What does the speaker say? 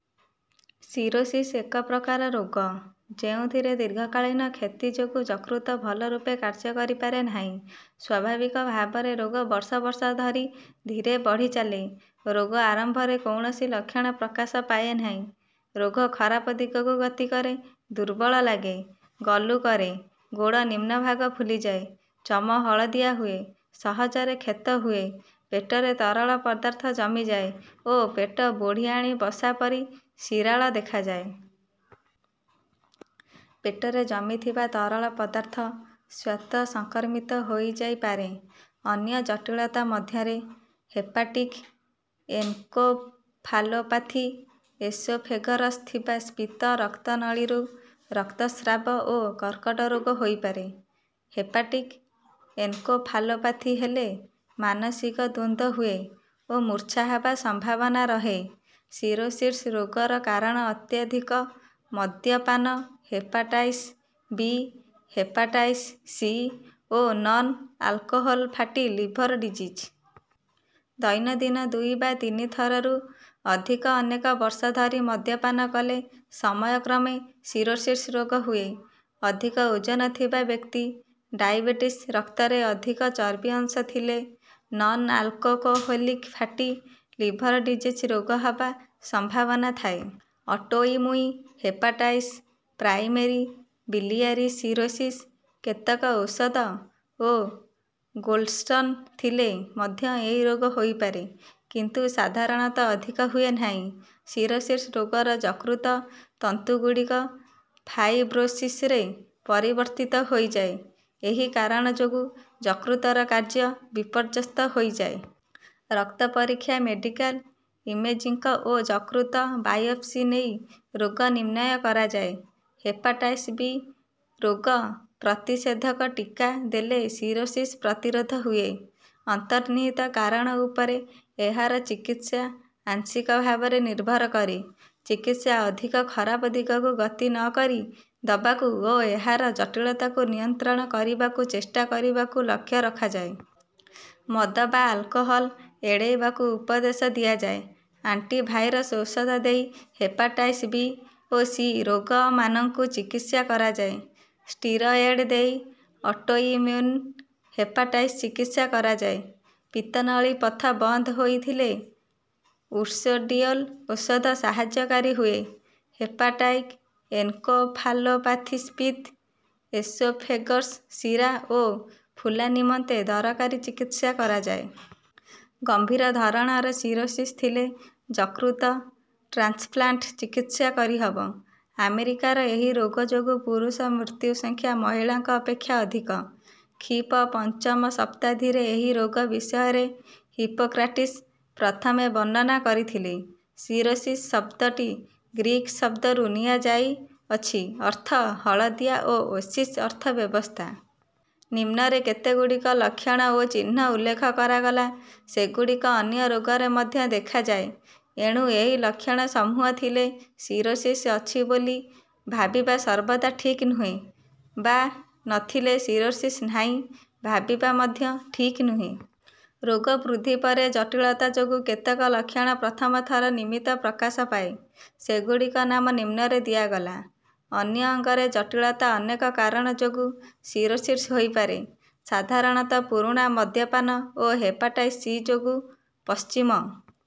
Cirrhosis ଏକ ପ୍ରକାର ରୋଗ ଯେଉଁଥିରେ ଦୀର୍ଘକାଳୀନ କ୍ଷତି ଯୋଗୁ ଯକୃତ ଭଲ ରୂପେ କାର୍ଯ୍ୟ କରିପାରେ ନାହିଁ। ସ୍ୱାଭାବିକ ଭାବରେ ରୋଗ ବର୍ଷ ବର୍ଷ ଧରି ଧୀରେ ବଢ଼ିଚାଲେ। ରୋଗ ଆରମ୍ଭରେ କୋଣସି ଲକ୍ଷଣ ପ୍ରକାଶ ପାଏନାହିଁ। ରୋଗ ଖରାପ ଦିଗକୁ ଗତି କଲେ ଦୁର୍ବଳ ଲାଗେ ଗଲୁ କରେ ଗୋଡ଼ ନିମ୍ନଭାଗ ଫୁଲିଯାଏ ଚମ ହଳଦିଆ ହୁଏ ସହଜରେ କ୍ଷତ ହୁଏ ପେଟରେ ତରଳ ପଦାର୍ଥ ଜମିଯାଏ ଓ ପେଟ ବୁଢ଼ିଆଣି ବସା ପରି ଶିରାଳ ଦେଖାଯାଏ। ପେଟରେ ଜମିଥିବା ତରଳ ପଦାର୍ଥ ସ୍ୱତଃ ସଂକ୍ରମିତ ହୋଇଯାଇପାରେ। ଅନ୍ୟ ଜଟିଳତା ମଧ୍ୟରେ ହେପାଟିକ ଏନକେଫାଲୋପାଥି ଏସୋଫେଗସରେ ଥିବା ସ୍ଫିତ ରକ୍ତନଳୀରୁ ରକ୍ତସ୍ରାବ ଓ କର୍କଟ ରୋଗ ହୋଇପାରେ। ହେପାଟିକ ଏନକେଫାଲୋପାଥି ହେଲେ ମାନସିକ ଦ୍ୱନ୍ଦ ହୁଏ ଓ ମୂର୍ଚ୍ଛା ହେବା ସମ୍ଭାବନା ରହେ। ସିରୋସିସ୍ ରୋଗର କାରଣ ଅତ୍ୟଧିକ ମଦ୍ୟପାନ ହେପାଟାଇଟିସ ବି ହେପାଟାଇଟିସ ସି ଓ non alcoholic fatty liver disease. ଦୈନନ୍ଦିନ ଦୁଇ ବା ତିନି ଥରରୁ ଅଧିକ ଅନେକ ବର୍ଷ ଧରି ମଦ୍ୟପାନ କଲେ ସମୟକ୍ରମେ ସିରୋସିସ୍ ରୋଗ ହୁଏ। ଅଧିକ ଓଜନ ଥିବା ବ୍ୟକ୍ତି ଡାଏବିଟିସ ରକ୍ତରେ ଅଧିକ ଚର୍ବି ଅଂଶଥିଲେ non alcoholic fatty liver disease ରୋଗ ହେବା ସମ୍ଭାବନା ଥାଏ। Autoimmune hepatitis primary biliary cirrhosis କେତେକ ଔଷଧ ଓ ଗଲସ୍ଟୋନ ଥିଲେ ମଧ୍ୟ ଏହି ରୋଗ ହୋଇପାରେ କିନ୍ତୁ ସାଧାରଣତଃ ଅଧିକ ହୁଏ ନାହିଁ। ସିରୋସିସ୍ ରୋଗରେ ଯକୃତ ତନ୍ତୁଗୁଡ଼ିକ ଫାଇବ୍ରୋସିସରେ ପରିବର୍ତ୍ତିତ ହୋଇଯାଏ। ଏହି କାରଣ ଯୋଗୁ ଯକୃତର କାର୍ଯ୍ୟ ବିପର୍ଯ୍ୟସ୍ତ ହୋଇଯାଏ। ରକ୍ତ ପରୀକ୍ଷା ମେଡିକାଲ ଇମେଜିଙ୍ଗ ଓ ଯକୃତ ବାୟୋପ୍ସି ନେଇ ରୋଗ ନିର୍ଣ୍ଣୟ କରାଯାଏ। ହେପାଟାଇଟିସ ବି ରୋଗ ପ୍ରତିଷେଧକ ଟିକା ଦେଲେ ସିରୋସିସ ପ୍ରତିରୋଧ ହୁଏ। ଅନ୍ତର୍ନିହିତ କାରଣ ଉପରେ ଏହାର ଚିକିତ୍ସା ଆଂଶିକ ଭାବରେ ନିର୍ଭର କରେ। ଚିକିତ୍ସା ଅଧିକ ଖରାପ ଦିଗକୁ ଗତି ନ କରି ଦେବାକୁ ଓ ଏହାର ଜଟିଳତାକୁ ନିୟନ୍ତ୍ରଣ କରିବାକୁ ଚେଷ୍ଟା କରିବାକୁ ଲକ୍ଷ ରଖାଯାଏ। ମଦ ବା ଆଲକୋହୋଲ ଏଡ଼େଇବାକୁ ଉପଦେଶ ଦିଆଯାଏ। ଆଣ୍ଟିଭାଇରସ ଔଷଧ ଦେଇ ହେପାଟାଇଟିସ ବି ଓ ସି ରୋଗମାନଙ୍କ ଚିକିତ୍ସା କରାଯାଏ। ସ୍ଟିରଏଡ ଦେଇ ଅଟୋଇମ୍ମ୍ୟୁନ ହେପାଟାଇଟିସ ଚିକିତ୍ସା କରାଯାଏ। ପିତ୍ତନଳୀ ପଥ ବନ୍ଦ ହୋଇଥିଲେ ଉର୍ସୋଡିଓଲ ଔଷଧ ସାହାଯ୍ୟକାରୀ ହୁଏ। ହେପାଟିକ ଏନକେଫାଲୋପାଥି ସ୍ଫିତ ଏସୋଫେଗସ ଶିରା ଓ ଫୁଲା ନିମନ୍ତେ ଦରକାରୀ ଚିକିତ୍ସା କରାଯାଏ। ଗମ୍ଭୀର ଧରଣର ସିରୋସିସ୍ ଥିଲେ ଯକୃତ ଟ୍ରାନ୍ସପ୍ଲାଣ୍ଟ ଚିକିତ୍ସା କରିହେବ। ଆମେରିକାରେ ଏହି ରୋଗ ଯୋଗୁ ପୁରୁଷ ମୃତ୍ୟୁ ସଂଖ୍ୟା ମହିଳାଙ୍କ ଅପେକ୍ଷା ଅଧିକ। ଖ୍ରୀପୂ ପଞ୍ଚମ ଶତାବ୍ଦୀରେ ଏହି ରୋଗ ବିଷୟରେ ହିପୋକ୍ରାଟିସ ପ୍ରଥମେ ବର୍ଣ୍ଣନା କରିଥିଲେ। ସିରୋସିସ ଶବ୍ଦଟି ଗ୍ରୀକ ଶବ୍ଦରୁ ନିଆଯାଇଛିସିରୋସ ଅର୍ଥ ହଳଦିଆ ଓ ଓସିସ ଅର୍ଥ ଅବସ୍ଥା। ନିମ୍ନରେ କେତେଗୁଡିଏ ଲକ୍ଷଣ ଓ ଚିହ୍ନ ଉଲ୍ଲେଖ କରାଗଲା। ସେଗୁଡିକ ଅନ୍ୟ ରୋଗରେ ମଧ୍ୟ ଦେଖାଯାଏ। ଏଣୁ ଏହି ଲକ୍ଷଣ ସମୂହ ଥିଲେ ସିରୋସିସ୍ ଅଛି ବୋଲି ଭାବିବା ସର୍ବଦା ଠିକ୍ ନୁହେଁ ବା ନ ଥିଲେ ସିରୋସିସ୍ ନାହିଁ ଭାବିବା ମଧ୍ୟ ଠିକ ନୁହେଁ। ରୋଗ ବୃଦ୍ଧି ପରେ ଜଟୀଳତା ଯୋଗୁ କେତେକ ଲକ୍ଷଣ ପ୍ରଥମ ଥର ନିମନ୍ତେ ପ୍ରକାଶ ପାଏ। ସେଗୁଡିକ ନାମ ନିମ୍ନରେ ଦିଆଗଲା। ଅନ୍ୟ ଅଙ୍ଗରେ ଜଟୀଳତା ଅନେକ କାରଣ ଯୋଗୁ ସିରୋସିସ୍ ହୋଇପାରେ। ସାଧାରଣତଃ ପୁରୁଣା ମଦ୍ୟପାନ ଓ ହେପାଟାଇଟିସ୍ ସି ଯୋଗୁ ପଶ୍ଚିମ